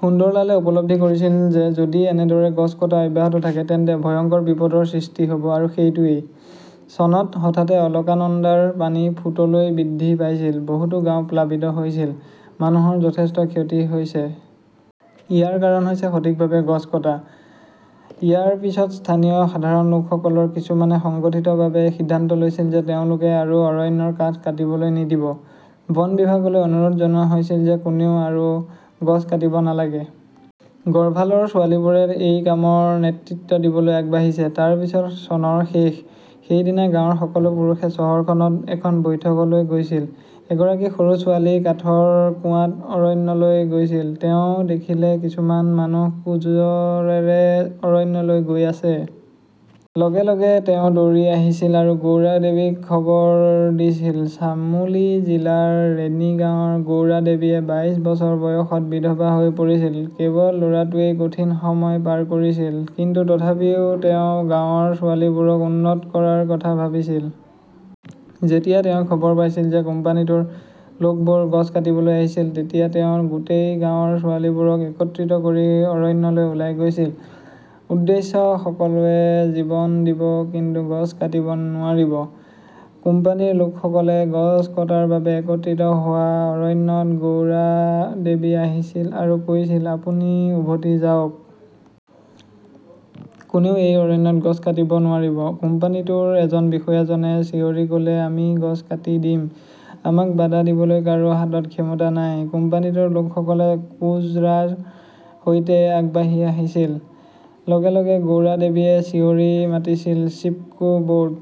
সুন্দৰলালে উপলব্ধি কৰিছিল যে যদি এনেদৰে গছ কটা অব্যাহত থাকে, তেন্তে ভয়ংকৰ বিপদৰ সৃষ্টি হ 'ব। আৰু সেইটোৱেই। চনত হঠাতে অলকানন্দাৰ পানী ফুটলৈ বৃদ্ধি পাইছিল। বহুতো গাঁও প্লাবিত হৈছিল। মানুহৰ যথেষ্ট ক্ষতি হৈছে। ইয়াৰ কাৰণ হৈছে সঠিকভাৱে গছ কটা। ইয়াৰ পিছত স্থানীয় সাধাৰণ লোকসকলৰ কিছুমানে সংগঠিতভাৱে সিদ্ধান্ত লৈছিল যে তেওঁলোকে আৰু অৰণ্যৰ কাঠ কাটিবলৈ নিদিব। বন বিভাগলৈ অনুৰোধ জনোৱা হৈছে যে কোনেও আৰু গছ কাটিব নালাগে। গৰ্ভালৰ ছোৱালীবোৰে এই কামৰ নেতৃত্ব দিবলৈ আগবাঢ়িছে। তাৰ পিছত চনৰ শেষ। সেইদিনা গাঁৱৰ সকলো পুৰুষে চহৰখনত এখন বৈঠকলৈ গৈছিল। এগৰাকী সৰু ছোৱালী কাঠৰ কুঁৱাত অৰণ্যলৈ গৈছিল। তেওঁ দেখিলে কিছুমান মানুহ কুঁজৰেৰে অৰণ্যলৈ গৈ আছে। লগে - লগে তেওঁ দৌৰি আহিছিল আৰু গৌৰা দেৱীক খবৰ দিছিল। চামোলি জিলাৰ ৰেনী গাঁৱৰ গৌৰা দেৱীয়ে বাইশ বছৰ বয়সত বিধৱা হৈ পৰিছিল। কেৱল ল'ৰাটোৱেই কঠিন সময় পাৰ কৰিছিল, কিন্তু তথাপিও তেওঁ গাঁৱৰ ছোৱালীবোৰক উন্নত কৰাৰ কথা ভাবিছিল। যেতিয়া তেওঁ খবৰ পাইছিল যে কোম্পানীটোৰ লোকবোৰ গছ কাটিবলৈ আহিছিল, তেতিয়া তেওঁ গোটেই গাঁৱৰ ছোৱালীবোৰক একত্ৰিত কৰি অৰণ্যলৈ ওলাই গৈছিল। উদ্দেশ্য সকলোৱে জীৱন দিব কিন্তু গছ কাটিব নোৱাৰিব। কোম্পানীৰ লোকসকলে গছ কটাৰ বাবে একত্ৰিত হোৱা অৰণ্যত গৌৰা দেৱী আহিছিল আৰু কৈছিল, আপুনি উভতি যাওক। কোনেও এই অৰণ্যৰ গছ কাটিব নোৱাৰিব। কোম্পানীটোৰ এজন বিষয়াজনে চিঞৰি ক'লে আমি গছ কাটি দিম। আমাক বাধা দিবলৈ কাৰো হাতত ক্ষমতা নাই। কোম্পানীটোৰ লোকসকলে কুঁজৰাৰ সৈতে আগবাঢ়ি আহিছিল। লগে লগে গৌৰাদেৱীয়ে চিঞৰি মাতিছিল-চিপ কো বৰ্ড।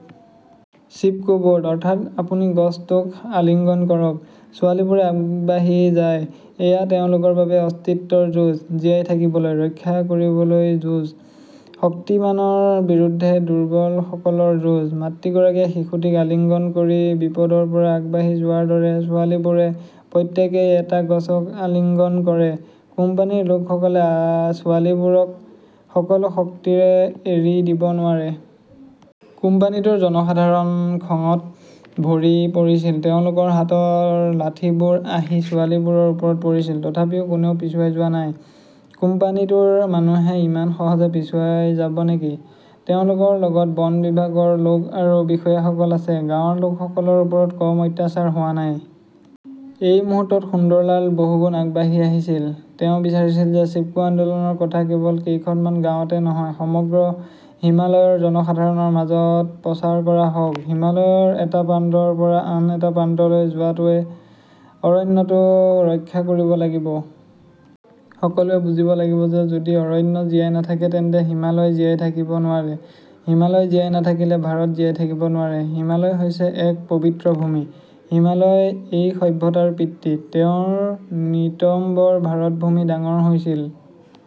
চিপ কো বৰ্ড। অৰ্থাৎ, আপুনি গছটোক আলিঙ্গন কৰক। ছোৱালীবোৰে আগবাঢ়ি যায়। এয়া তেওঁলোকৰ বাবে অস্তিত্বৰ যুঁজ। জীয়াই থাকিবলৈ, ৰক্ষা কৰিবলৈ যুঁজ। শক্তিমানৰ বিৰুদ্ধে দুৰ্বলসকলৰ যুঁজ। মাতৃগৰাকীয়ে শিশুটিক আলিঙ্গন কৰি বিপদৰ পৰা আগবাঢ়ি যোৱাৰ দৰে, ছোৱালীবোৰে প্ৰত্যেকেই এটা গছক আলিঙ্গন কৰে, কোম্পানীৰ লোকসকলে ছোৱালীবোৰক সকলো শক্তিৰে এৰি দিব নোৱাৰে। কোম্পানীটোৰ জনসাধাৰণ খঙত ভৰি পৰিছিল। তেওঁলোকৰ হাতৰ লাঠিবোৰ আহি ছোৱালীবোৰৰ ওপৰত পৰিছিল। তথাপিও কোনেও পিছুৱাই যোৱা নাই। কোম্পানীটোৰ মানুহে ইমান সহজে পিছুৱাই যাব নেকি? তেওঁলোকৰ লগত বন বিভাগৰ লোক আৰু বিষয়াসকল আছে। গাঁৱৰ লোকসকলৰ ওপৰত কম অত্যাচাৰ হোৱা নাই। এই মুহূৰ্তত সুন্দৰলাল বহুগুণ আগবাঢ়ি আহিছিল। তেওঁ বিচাৰিছিল যে চিপকো আন্দোলনৰ কথা কেৱল কেইখনমান গাঁৱতে নহয়, সমগ্ৰ হিমালয়ৰ জনসাধাৰণৰ মাজত প্ৰচাৰ কৰা হওক। হিমালয়ৰ এটা প্ৰান্তৰ পৰা আন এটা প্ৰান্তলৈ যোৱাটোৱে অৰণ্যটো ৰক্ষা কৰিব লাগিব। সকলোৱে বুজিব লাগিব যে যদি অৰণ্য জীয়াই নাথাকে তেন্তে হিমালয় জীয়াই থাকিব নোৱাৰে। হিমালয় জীয়াই নাথাকিলে ভাৰত জীয়াই থাকিব নোৱাৰে। হিমালয় হৈছে এক পবিত্ৰ ভূমি। হিমালয় এই সভ্যতাৰ পিতৃ। তেওঁৰ নিতম্বত ভাৰতভূমি ডাঙৰ হৈছিল।